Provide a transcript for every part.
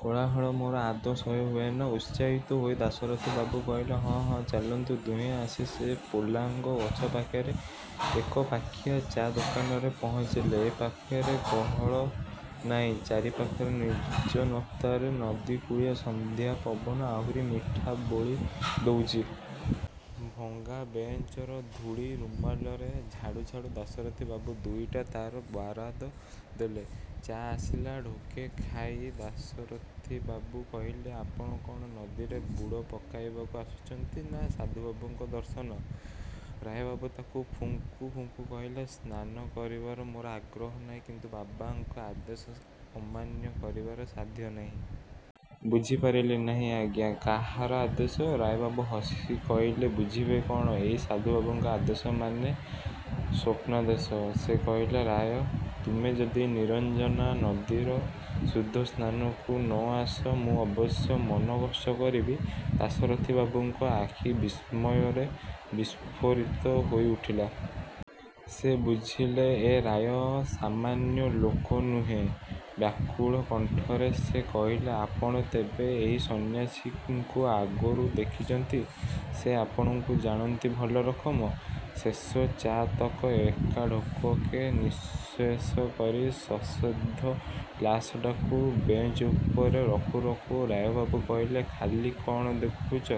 "କୋଳାହଳ ମୋର ଆଦୌ ସହ୍ୟ ହୁଏନା।" ଉତ୍ସାହିତ ହୋଇ ଦାଶରଥିବାବୁ କହିଲେ, "ହଁ, ହଁ, ଚାଲନ୍ତୁ।" ଦୁହେଁ ଆସି ସେ ପୋଲାଙ୍ଗ ଗଛ ପାଖେରେ, ଏକପାଖିଆ ଚା' ଦୋକାନରେ ପହଞ୍ଚିଲେ। ଏପାଖେରେ ଗହଳ ନାଇଁ, ଚାରିପାଖେରେ ନିର୍ଜନତାରେ ନଦୀକୂଳିଆ ସନ୍ଧ୍ୟା ପବନ ଆହୁରି ମିଠା ବୋଳି ଦଉଚି। ଭଙ୍ଗା ବେଞ୍ଚର ଧୂଳି ରୁମାଲରେ ଝାଡ଼ୁ ଝାଡ଼ୁ ଦାଶରଥିବାବୁ ଦୁଇଟା ଚା'ର ବାରାଦ ଦେଲେ। ଚା' ଆସିଲା। ଢୋକେ ଖାଇ ଦାଶରଥିବାବୁ କହିଲେ, "ଆପଣ କ'ଣ ନଦୀରେ ବୁଡ଼ ପକାଇବାକୁ ଆସୁଚନ୍ତି ନାଁ ସାଧୁବାବୁଙ୍କ ଦର୍ଶନ?" ରାୟବାବୁ ଚା'କୁ ଫୁଙ୍କୁ ଫୁଙ୍କୁ କହିଲେ, "ସ୍ନାନ କରିବାର ମୋର ଆଗ୍ରହ ନାହିଁ; କିନ୍ତୁ ବାବାଙ୍କ ଆଦେଶ ଅମାନ୍ୟ କରିବାର ସାଧ୍ୟ ନାହିଁ।" "ବୁଝି ପାରିଲି ନାହିଁ ଆଜ୍ଞା, କାହାର ଆଦେଶ?" ରାୟବାବୁ ହସି କହିଲେ, "ବୁଝିବେ କ'ଣ? ଏଇ ସାଧୁବାବାଙ୍କ ଆଦେଶ ମାନେ ସ୍ୱପ୍ନାଦେଶ। ସେ କହିଲେ, 'ରାୟ, ତୁମେ ଯଦି ନିରଞ୍ଜନା ନଦୀର ଶୁଦ୍ଧ ସ୍ନାନକୁ ନ ଆସ, ମୁଁ ଅବଶ୍ୟ ମନକଷ୍ଟ କରିବି।'"ଦାଶରଥିବାବୁଙ୍କ ଆଖି ବିସ୍ମୟରେ ବିସ୍ଫରିତ ହୋଇ ଉଠିଲା। ସେ ବୁଝିଲେ, ଏ ରାୟ ସାମାନ୍ୟ ଲୋକ ନୁହେଁ। ବ୍ୟାକୁଳ କଣ୍ଠରେ ସେ କହିଲେ, "ଆପଣ ତେବେ ଏହି ସନ୍ନ୍ୟାସୀଙ୍କୁ ଆଗରୁ ଦେଖିଚନ୍ତି? ସେ ଆପଣଙ୍କୁ ଜାଣନ୍ତି ଭଲ ରକମ୍?" ଶେଷ ଚା'ତକ ଏକା ଢୋକକେ ନିଃଶେଷ କରି, ସଶବ୍ଦ ଗ୍ଲାସଟାକୁ ବେଞ୍ଚ ଉପରେ ରଖୁ ରଖୁ ରାୟବାବୁ କହିଲେ, "ଖାଲି କ'ଣ ଦେଖୁଚ?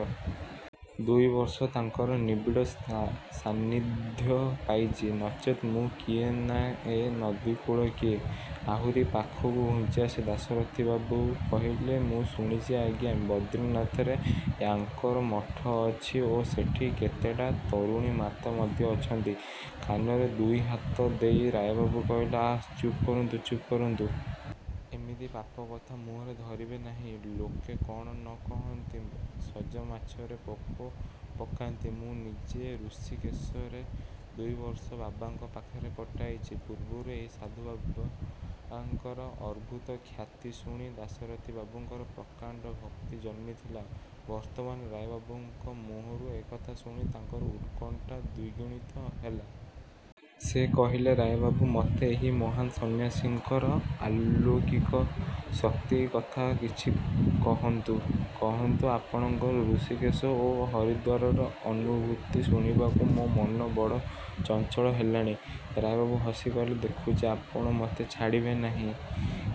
ଦୁଇ ବର୍ଷ ତାଙ୍କର ନିବିଡ଼ ସାନ୍ନିଧ୍ୟ ପାଇଚି। ନଚେତ୍ ମୁଁ କିଏ ନାଁ ଏ ନଦୀକୂଳ କିଏ?" ଆହୁରି ପାଖକୁ ଘୁଞ୍ଚିଆସି ଦାଶରଥିବାବୁ କହିଲେ, "ମୁଁ ଶୁଣିଚି ଆଜ୍ଞା, ବଦ୍ରିନାଥରେ ୟାଙ୍କର ମଠ ଅଛି ଓ ସେଠି କେତେଟା ତରୁଣୀ ମାତା ମଧ୍ୟ ଅଛନ୍ତି?" କାନରେ ଦୁଇହାତ ଦେଇ ରାୟବାବୁ କହିଲେ, "ଆଃ ଚୁପ୍ କରନ୍ତୁ, ଚୁପ୍ କରନ୍ତୁ! ଏମିତି ପାପ କଥା ମୁହଁରେ ଧରିବେ ନାହିଁ। ଲୋକେ କ'ଣ ନ କହନ୍ତି? ସଜମାଛରେ ପୋକ ପକାନ୍ତି। ମୁଁ ନିଜେ ଋଷିକେଶରେ ଦୁଇବର୍ଷ ବାବାଙ୍କ ପାଖରେ କଟାଇଛି।"ପୂର୍ବରୁ ଏହି ସାଧୁବାବାଙ୍କର ଅଦ୍ଭୁତ ଖ୍ୟାତି ଶୁଣି, ଦାଶରଥିବାବୁଙ୍କର ପ୍ରକାଣ୍ଡ ଭକ୍ତି ଜନ୍ମିଥିଲା। ବର୍ତ୍ତମାନ ରାୟବାବୁଙ୍କ ମୁହଁରୁ ଏକଥା ଶୁଣି ତାଙ୍କର ଉତ୍କଣ୍ଠା ଦ୍ଵିଗୁଣିତ ହେଲା। ସେ କହିଲେ, "ରାୟବାବୁ, ମତେ ଏହି ମହାନ୍ ସନ୍ନ୍ୟାସୀଙ୍କର ଅଲୌକିକ ଶକ୍ତି କଥା କିଛି କହନ୍ତୁ। କହନ୍ତୁ ଆପଣଙ୍କର ଋଷିକେଶ ଓ ହରିଦ୍ୱାରର ଅନୁଭୂତି ଶୁଣିବାକୁ ମୋ ମନ ବଡ଼ ଚଞ୍ଚଳ ହେଲାଣି।" ରାୟବାବୁ ହସି କହିଲେ, "ଦେଖୁଚି, ଆପଣ ମତେ ଛାଡ଼ିବେ ନାହିଁ।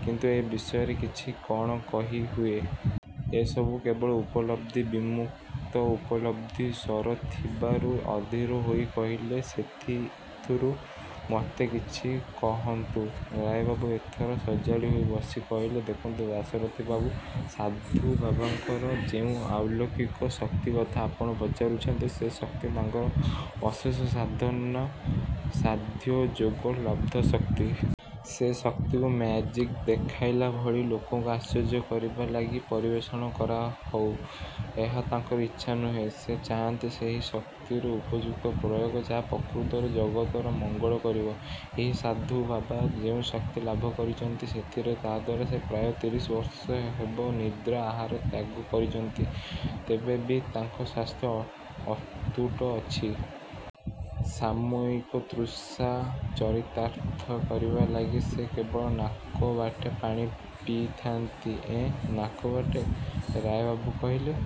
କିନ୍ତୁ ଏ ବିଷୟରେ କିଛି କ'ଣ କହି ହୁଏ? ଏସବୁ କେବଳ ଉପଲବ୍ଧି, ବିମୁକ୍ତ ଉପଲବ୍ଧି।" ଶରଥିବାରୁ ଅଧୀର ହୋଇ କହିଲେ, "ସେଥିଥୁରୁ ମତେ କିଛି କହନ୍ତୁ।" ରାୟବାବୁ ଏଥର ସଜାଡ଼ି ହୋଇ ବସି କହିଲେ, "ଦେଖନ୍ତୁ ଦାଶରଥିବାବୁ, ସାଧୁ ବାବାଙ୍କର ଯେଉଁ ଆଲୌକିକ ଶକ୍ତିକଥା ଆପଣ ପଚାରୁଛନ୍ତି, ସେ ଶକ୍ତି ତାଙ୍କର ଅଶେଷ ସାଧନା ସାଧ୍ୟ ଯୋଗ ଲବ୍ଧ ଶକ୍ତି। ସେ ଶକ୍ତିକୁ ମ୍ୟାଜିକ ଦେଖାଇଲା ଭଳି, ଲୋକକୁ ଆଶ୍ଚର୍ଯ୍ୟ କରିବା ଲାଗି, ପରିବେଷଣ କରାହଉ, ଏହା ତାଙ୍କର ଇଚ୍ଛା ନୁହେଁ। ସେ ଚାହାନ୍ତି ସେହି ଶକ୍ତିର ଉପଯୁକ୍ତ ପ୍ରୟୋଗ ଯାହା ପ୍ରକୃତରେ ଜଗତର ମଙ୍ଗଳ କରିବ। ଏହି ସାଧୁବାବା ଯେଉଁ ଶକ୍ତି ଲାଭ କରିଚନ୍ତି, ସେଥିରେ ତାହାଦ୍ୱାରା ସେ ପ୍ରାୟ ତିରିଶ ବର୍ଷ ହେବ ନିଦ୍ରା ଆହାର ତ୍ୟାଗ କରିଚନ୍ତି, ତେବେ ବି ତାଙ୍କ ସ୍ୱାସ୍ଥ୍ୟ ଅତୁଟ ଅଛି। ସାମୟିକ ତୃଷା ଚରିତାର୍ଥ କରିବା ଲାଗି ସେ କେବଳ ନାକ ବାଟେ ପାଣି ପିଇଥା'ନ୍ତି।""ଏଁ ନାକ ବାଟେ?"ରାୟବାବୁ କହିଲେ